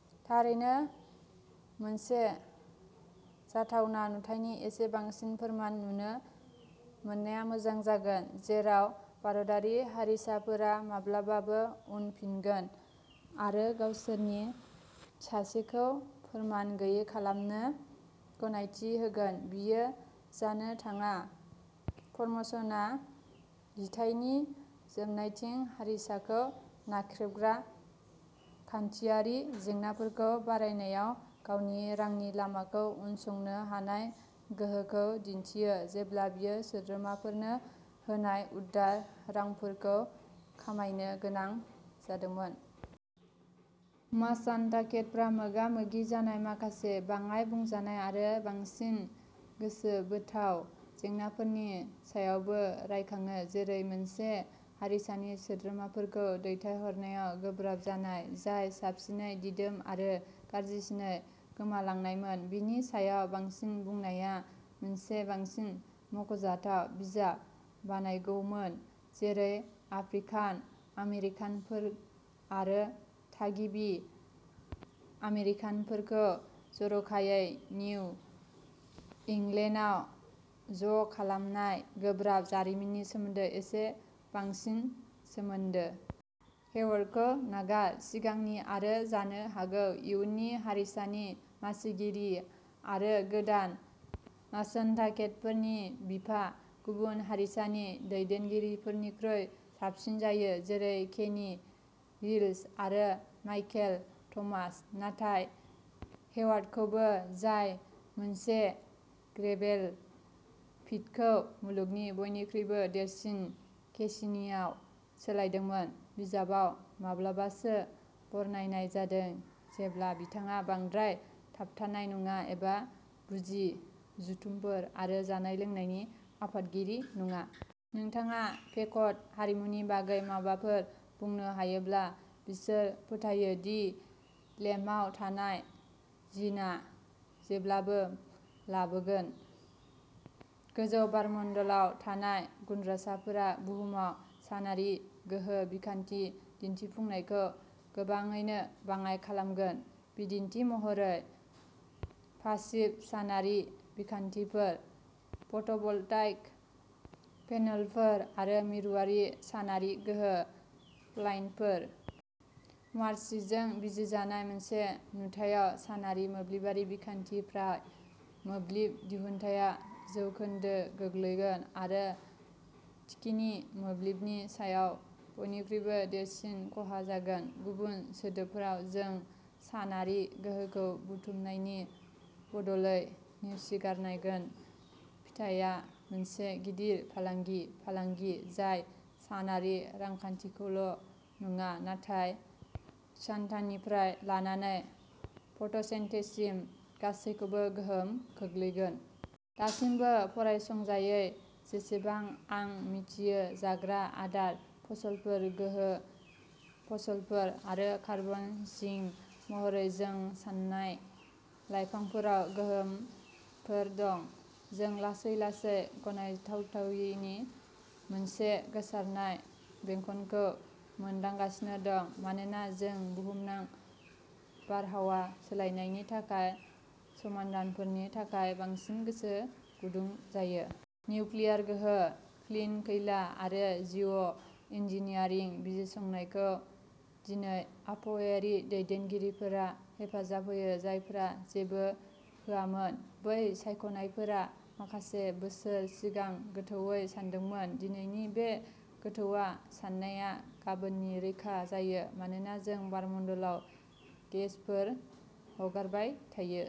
" थारैनो, मोनसे जाथावना नुथायनि एसे बांसिन फोरमान नुनो मोननाया मोजां जागोन जेराव भारतारि हारिसाफोरा माब्लाबाबो उनफिनगोन आरो गावसोरनिनो सासेखौ फोरमान गैयै खालामनो गनायथि होगोन। बेयो जानो थाङा। फ'र्मसनआ जिथाइनि जोबनायथिं हारिसाखौ नाख्रेबग्रा रांखान्थियारि जेंनाफोरखौ बरनायनायाव गावनि रांनि लामाखौ उनसंनो हानाय गोहोखौ दिन्थियो, जेब्ला बियो सोद्रोमाफोरनो होनाय उदार रांफोरखौ खमायनो गोनां जादोंमोन। माशान्टाकेटफोरा मोगा-मोगि जानाय माखासे बाङाय-बुंजानाय आरो बांसिन गोसोबोथाव जेंनाफोरनि सायावबो रायखाङो, जेरै मोनसे हारिसानि सोद्रोमाफोरखौ "दैथायहरनायाव" गोब्राब जानाय, जाय साबसिनै दिदोम आरो गाज्रिसिनै गोमालांनायमोन। बेनि सायाव बांसिन बुंनाया मोनसे बांसिन मख'जाथाव बिजाब बानायगौमोन, जेरै आफ्रिकान आमेरिकानफोर आरो थागिबि आमेरिकानफोरखौ जर'खायै निउ इंलेन्डआव ज'खालामनाय गोब्राब जारिमिननि सोमोन्दै एसे बांसिन सोमोन्दो। हेवार्डखौ नागार, सिगांनि-आरो जानो हागौ इयुननि-हारिसानि मासिगिरि आरो गोदान माशान्टाकेटफोरनि बिफा, गुबुन हारिसानि दैदेनगिरिफोरनिख्रुइ साबसिन जायो, जेरै केनि रिल्स आरो माइकेल थमास। नाथाय हेवार्डखौबो, जाय मोनसे ग्रेभेल पिटखौ मुलुगनि बयनिख्रुइबो देरसिन केसिनोआव सोलायदोंमोन, बिजाबाव माब्लाबासो बरनायनाय जादों जेब्ला बिथाङा "बांद्राय थाबथानाय" नङा एबा "बुजि" जथुमफोर आरो जानाय-लोंनायनि आफादगिरि नङा। "नोंथाङा पेक'ट हारिमुनि बागै माबाफोर बुंनो हायोब्ला, बिसोर फोथायो दि लेम्पआव थानाय जिनआ जेब्लाबो लाबोगोन। गोजौ बारमण्डलाव थानाय गुनद्रासाफोरा बुहुमाव सानआरि गोहो बिखान्थिनि दिन्थिफुंनायखौ गोबाङैनो बाङाइ खालामगोन-बिदिन्थि महरै, पासिभ सानारि बिखान्थिफोर, फट'भल्टाइक पेनेलफोर आरो मिरुआरि सानआरि गोहो प्लान्टफोर। मार्फिजों बिजिरजानाय मोनसे नुथायाव, सानआरि मोब्लिबारि बिखान्थिनिफ्राय मोब्लिब दिहुन्थाया जौखोन्दो गोग्लैगोन आरो थिखिनि मोब्लिबनि समाव बयनिख्रुइबो देरसिन खहा जागोन। गुबुन सोदोबफोराव, जों सानआरि गोहोखौ बुथुमनायनि बदलै नेवसिगारगोन। फिथायआ मोनसे गिदिर फालांगि-फालांगि जाय सानआरि रांखान्थिखौल'नङा, नाथाय सानटाननिफ्राय लानानै फट'सिनथेसिससिम गासैबोखौ गोहोम खोख्लैगोन। दासिमबो फरायसंजायै, जेसेबां आं मिथियो, जाग्रा आदार फसलफोर, गोहो फसलफोर आरो कार्बन सिं महरै जों सान्नाय लाइफांफोराव गोहोमफोर दं। जों लासै-लासै गनायजाथावथिनि मोनसे गोसारनाय बेंखनखौ मोनदांगासिनो दं मानोना जों बुहुमनां बारहावा सोलायनायनि थाखाय समाधानफोरनि थाखाय बांसिन गोसो गुदुं जायो। निउक्लियार गोहो, "क्लिन खैला" आरो जिअ'- इन्जिनियारिं बिजिरसंनायखौ दिनै आबहावायारि दैदेनगिरिफोरा हेफाजाब होयो, जायफोरा जेबो होआमोन। बै सायख'नायफोरा माखासे बोसोर सिगां गोथौवै सानदोंमोन। दिनैनि बे गोमोथाव साननाया गाबोननि रैखा जायो मानोना जों बारमण्डलाव गेसफोर हगारबाय थायो।